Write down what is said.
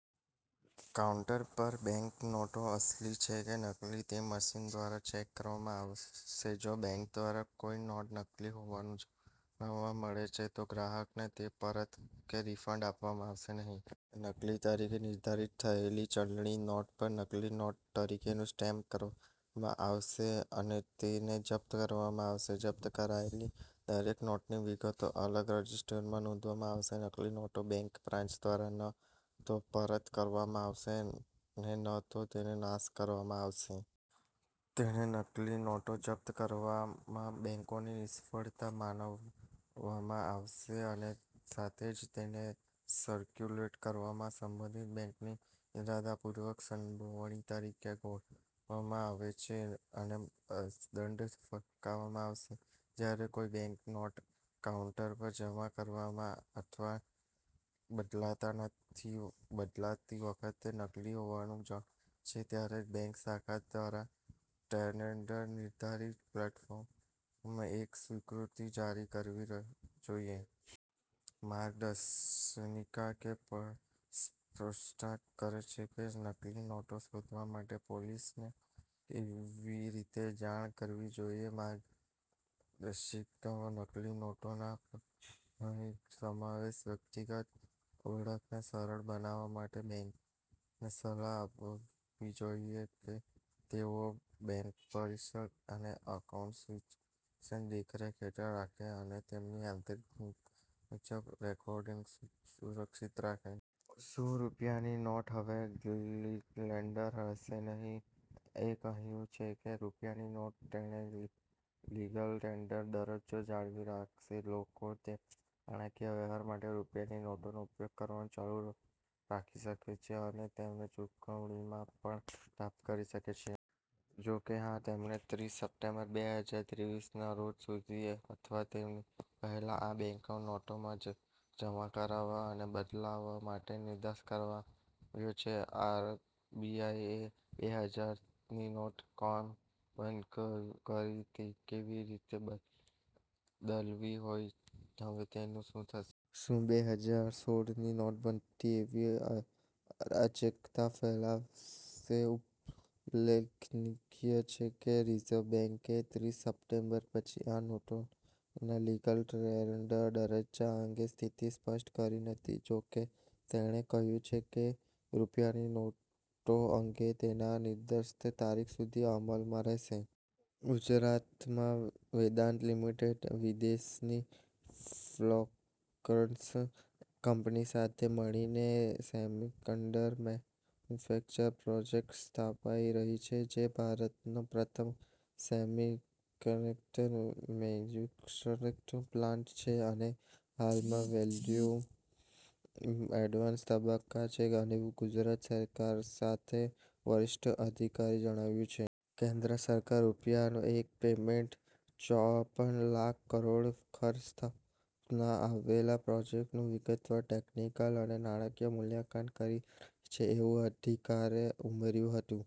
Counter પર bank નોટો અસલી છે કે નકલી તે મશીન દ્વારા ચેક કરવામાં આવશે. જો બેંક દ્વારા કોઈ નોટ નકલી હોવાનું જાણવા મળે છે, તો ગ્રાહકને તે પરત કે રિફંડ આપવામાં આવશે નહીં. નકલી તરીકે નિર્ધારિત થયેલી ચલણી નોટ પર "નકલી નોટ" તરીકેનું સ્ટેમ્પ કરવામાં આવશે અને તેને જપ્ત કરવામાં આવશે. જપ્ત કરાયેલી દરેક નોટની વિગતો અલગ રજીસ્ટરમાં નોંધવામાં આવશે. નકલી નોટો બેંક બ્રાન્ચ દ્વારા ન તો પરત કરવામાં આવશે અને ન તો તેનો નાશ કરવામાં આવશે. તેને નકલી નોટો જપ્ત કરવામાં બેંકોની નિષ્ફળતા માનવામાં આવશે અને સાથે જ તેને સર્ક્યુલેટ કરવામાં સંબંધિત બેંકની ઇરાદાપૂર્વકની સંડોવણી તરીકે ગણવામાં આવશે અને દંડ ફટકારવામાં આવશે. જ્યારે કોઈ બેંક નોટ કાઉન્ટર પર જમા કરવામાં અથવા બદલાતી વખતે નકલી હોવાનું જણાય છે, ત્યારે બેંક શાખા દ્વારા ટેન્ડરે નિર્ધારિત ફોર્મેટમાં એક સ્વીકૃતિ જારી કરવી જોઈએ. માર્ગદર્શિકા એ પણ સ્પષ્ટતા કરે છે કે નકલી નોટો શોધવા માટે પોલીસને કેવી રીતે જાણ કરવી જોઈએ. માર્ગદર્શિકામાં નકલી નોટોના પરિભ્રમણમાં સામેલ વ્યક્તિઓની ઓળખને સરળ બનાવવા માટે, બેંકોને સલાહ આપવામાં આવી છે કે તેઓ બેંક પરિસર અને કાઉન્ટર્સને સીસીટીવી દેખરેખ હેઠળ રાખે અને તેમની આંતરિક નીતિ મુજબ રેકોર્ડિંગને સુરક્ષિત રાખે. શું રૂપિયાની નોટ હવે લીગલ ટેન્ડર રહેશે નહીં? એ કહ્યું છે કે રૂપિયાની નોટ તેનો લીગલ ટેન્ડરનો દરજ્જો જાળવી રાખશે. લોકો તેમના નાણાંકીય વ્યવહાર માટે રૂપિયાની નોટોનો ઉપયોગ કરવાનું ચાલુ રાખી શકે છે અને તેમને ચુકવણીમાં પણ પ્રાપ્ત કરી શકે છે. જો કે, તેમને ત્રીસ સપ્ટેમ્બર, બેહજાર ત્રેવીસના રોજ સુધીમાં અથવા તેની પહેલાં આ બેંક નોટો જમા કરવા અને બદલાવવા માટે નિર્દેશ કરવામાં આવ્યો છે. આરબીઆઇ એ બે હજાર ની નોટ કેમ બંધ કરી, કેવી રીતે બદલવી, હવે તેમનું શું થશે. શું બે હજાર સોળ ની નોટબંધી જેવી અરાજકતા ફેલાશે? ઉલ્લેખનિય છે કે, રિઝર્વ બેંકે ત્રીસ સપ્ટેમ્બર પછી આ નોટોના લીગલ ટેન્ડર દરજ્જા અંગે સ્થિતિ સ્પષ્ટ કરી નથી. જો કે, તેણે કહ્યું છે કે રૂપિયાની નોટો અંગે તેના નિર્દેશો તે તારીખ સુધી અમલમાં રહેશે. ગુજરાતમાં વેદાંત લિમિટેડ વિદેશની ફોક્સકોન કંપનીની સાથે મળીને સેમિકન્ડક્ટર મેન્યુફેક્ચરિંગ પ્રોજેક્ટ સ્થાપી રહી છે. જે ભારતનો પ્રથમ સેમિકન્ડક્ટર મેન્યુફેક્ચર્સ પ્લાન્ટ છે અને હાલ "વેલ્યૂશનના એડવાન્સ તબક્કામાં" છે, એવું ગુજરાત સરકારના એક વરિષ્ઠ અધિકારીએ જણાવ્યું છે. કેન્દ્ર સરકાર રૂપિયા એક પોઈંટ ચોપન લાખ કરોડના ખર્ચે સ્થાપવામાં આવેલા પ્રોજેક્ટનું વિગતવાર ટેકનિકલ અને નાણાકીય મૂલ્યાંકન કરી રહી છે, એવું અધિકારીએ ઉમેર્યું હતું.